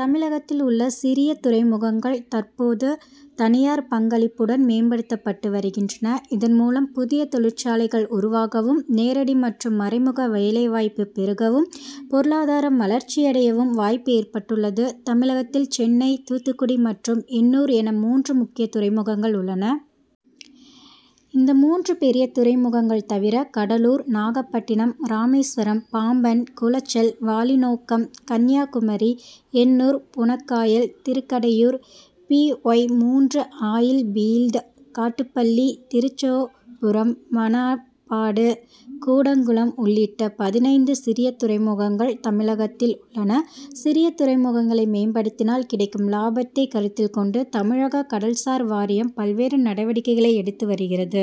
தமிழகத்தில் உள்ள சிறிய துறைமுகங்கள் தற்போது தனியார் பங்களிப்புடன் மேம்படுத்தப்பட்டு வருகின்றன. இதன் மூலம், புதிய தொழிற்சாலைகள் உருவாகவும்; நேரடி மற்றும் மறைமுக வேலை வாய்ப்பு பெருகவும்; பொருளாதாரம் வளர்ச்சியடையவும் வாய்ப்பு ஏற்பட்டுள்ளது. தமிழகத்தில் சென்னை, தூத்துக்குடி மற்றும் எண்ணூர் என மூன்று முக்கிய துறைமுகங்கள் உள்ளன. இந்த மூன்று பெரிய துறைமுகங்கள் தவிர, கடலூர், நாகப்பட்டினம், ராமேஸ்வரம், பாம்பன், குளச்சல், வாலினோக்கம், கன்னியாகுமரி, எண்ணூர், புணக்காயல், திருக்கடையூர், பி. ஒய்-மூன்று ஆயில் பீல்டு, காட்டுப்பள்ளி, திருச்சோபுரம், மணப்பாடு, கூடங்குளம் உள்ளிட்ட பதினைந்து சிறிய துறைமுகங்கள் தமிழகத்தில் உள்ளன. சிறிய துறைமுகங்களை மேம்படுத்தினால் கிடைக்கும் லாபத்தை கருத்தில் கொண்டு, தமிழக கடல்சார் வாரியம் பல்வேறு நடவடிக்கைகளை எடுத்து வருகிறது.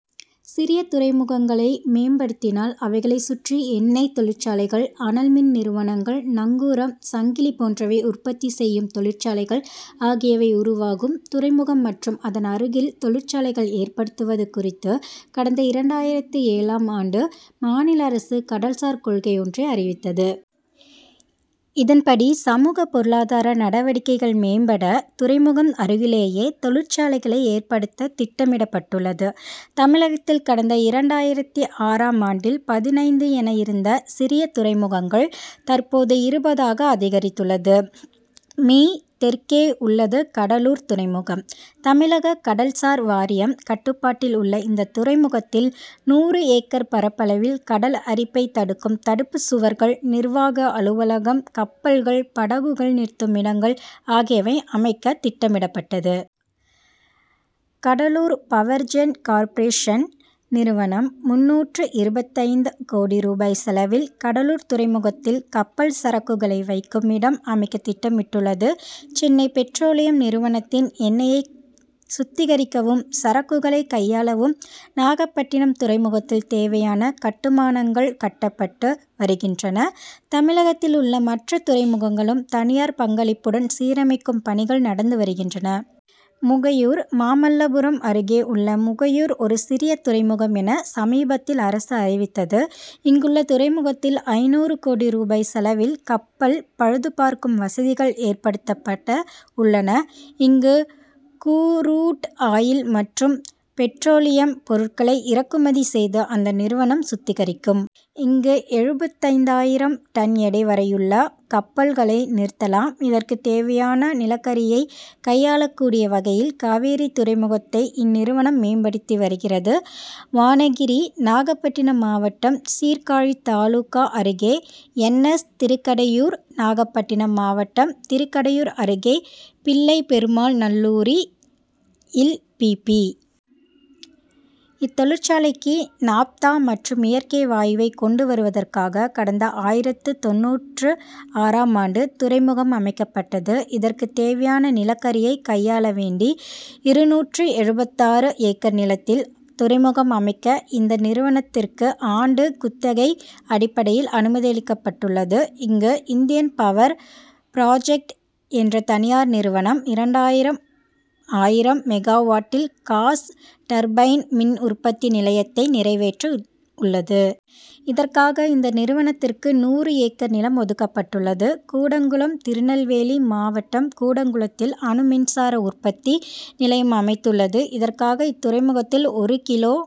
சிறிய துறைமுகங்களை மேம்படுத்தினால், அவைகளைச் சுற்றி எண்ணெய் தொழிற்சாலைகள், அனல் மின் நிறுவனங்கள், நங்கூரம், சங்கிலி போன்றவை உற்பத்தி செய்யும் தொழிற்சாலைகள் ஆகியவை உருவாகும். துறைமுகம் மற்றும் அதன் அருகில் தொழிற்சாலைகள் ஏற்படுத்துவது குறித்து கடந்த இரண்டாயிரத்தி ஏழாம் ஆண்டு மாநில அரசு கடல்சார் கொள்கை ஒன்றை அறிவித்தது. இதன்படி, சமூக, பொருளாதார நடவடிக்கைகள் மேம்பட துறைமுகம் அருகிலேயே தொழிற்சாலைகளை ஏற்படுத்த திட்டமிடப்பட்டுள்ளது. தமிழகத்தில், கடந்த இரண்டாயிரத்தி ஆறாம் ஆண்டில் பதினைந்து என இருந்த சிறிய துறைமுகங்கள் தற்போது இருபதாக அதிகரித்துள்ளது. மீ., தெற்கே உள்ளது கடலூர் துறைமுகம். தமிழக கடல் சார் வாரியம் கட்டுப்பாட்டில் உள்ள இந்த துறைமுகத்தில் நூறு ஏக்கர் பரப்பளவில் கடல் அரிப்பை தடுக்கும் தடுப்பு சுவர்கள், நிர்வாக அலுவலகம், கப்பல்கள், படகுகள் நிறுத்துமிடங்கள் ஆகியவை அமைக்க திட்டமிடப்பட்டது. கடலூர் பவர்ஜென் கார்ப்ரேஷன் நிறுவனம் முந்நூற்று இருபத்தைந்து கோடி ரூபாய் செலவில் கடலூர் துறைமுகத்தில் கப்பல் சரக்குகளை வைக்குமிடம் அமைக்க திட்டமிட்டுள்ளது. சென்னை பெட்ரோலியம் நிறுவனத்தின் எண்ணெயை சுத்திகரிக்கவும், சரக்குகளை கையாளவும் நாகப்பட்டினம் துறைமுகத்தில் தேவையான கட்டுமானங்கள் கட்டப்பட்டு வருகின்றன. தமிழகத்தில் உள்ள மற்ற துறைமுகங்களும் தனியார் பங்களிப்புடன் சீரமைக்கும் பணிகள் நடந்து வருகின்றன. முகையூர்: மாமல்லபுரம் அருகே உள்ள முகையூர் ஒரு சிறிய துறைமுகம் என சமீபத்தில் அரசு அறிவித்தது. இங்குள்ள துறைமுகத்தில் ஐந்நூறு கோடி ரூபாய் செலவில் கப்பல் பழுது பார்க்கும் வசதிகள் ஏற்படுத்தப்பட உள்ளன. இங்கு குரூட் ஆயில் மற்றும் பெட்ரோலியம் பொருட்களை இறக்குமதி செய்து, அந்த நிறுவனம் சுத்திகரிக்கும். இங்கு எழுபத்தைந்தாயிரம் டன் எடை வரையுள்ள கப்பல்களை நிறுத்தலாம். இதற்கு தேவையான நிலக்கரியை கையாளக்கூடிய வகையில் காவேரி துறைமுகத்தை இந்நிறுவனம் மேம்படுத்தி வருகிறது. வானகிரி: நாகப்பட்டினம் மாவட்டம் சீர்காழி தாலுகா அருகே என். எஸ். திருக்கடையூர்: நாகப்பட்டினம் மாவட்டம், திருக்கடையூர் அருகே பிள்ளைபெருமாள்நல்லூரில் பி. பி. இத்தொழிற்சாலைக்கு நாப்தா மற்றும் இயற்கை வாயுவை கொண்டு வருவதற்காக கடந்த ஆயிரத்து தொண்ணூற்று ஆறாம் ஆண்டு துறைமுகம் அமைக்கப்பட்டது. இதற்கு தேவையான நிலக்கரியை கையாள வேண்டி, இருநூற்று எழுவத்தாறு ஏக்கர் நிலத்தில் துறைமுகம் அமைக்க இந்த நிறுவனத்திற்கு ஆண்டு குத்தகை அடிப்படையில் அனுமதியளிக்கப்பட்டுள்ளது. இங்கு, இந்தியன் பவர் ப்ராஜக்ட் என்ற தனியார் நிறுவனம் இரண்டாயிரம்ஆயிரம் மெகாவாட்டில் காஸ் டர்பைன் மின் உற்பத்தி நிலையத்தை நிறைவேற்ற உள்ளது. இதற்காக இந்த நிறுவனத்திற்கு நூறு ஏக்கர் நிலம் ஒதுக்கப்பட்டுள்ளது. கூடங்குளம் திருநெல்வேலி மாவட்டம் கூடங்குளத்தில் அணுமின்சார உற்பத்தி நிலையம் அமைத்துள்ளது. இதற்காக, இத்துறைமுகத்தில் ஒரு கிலோ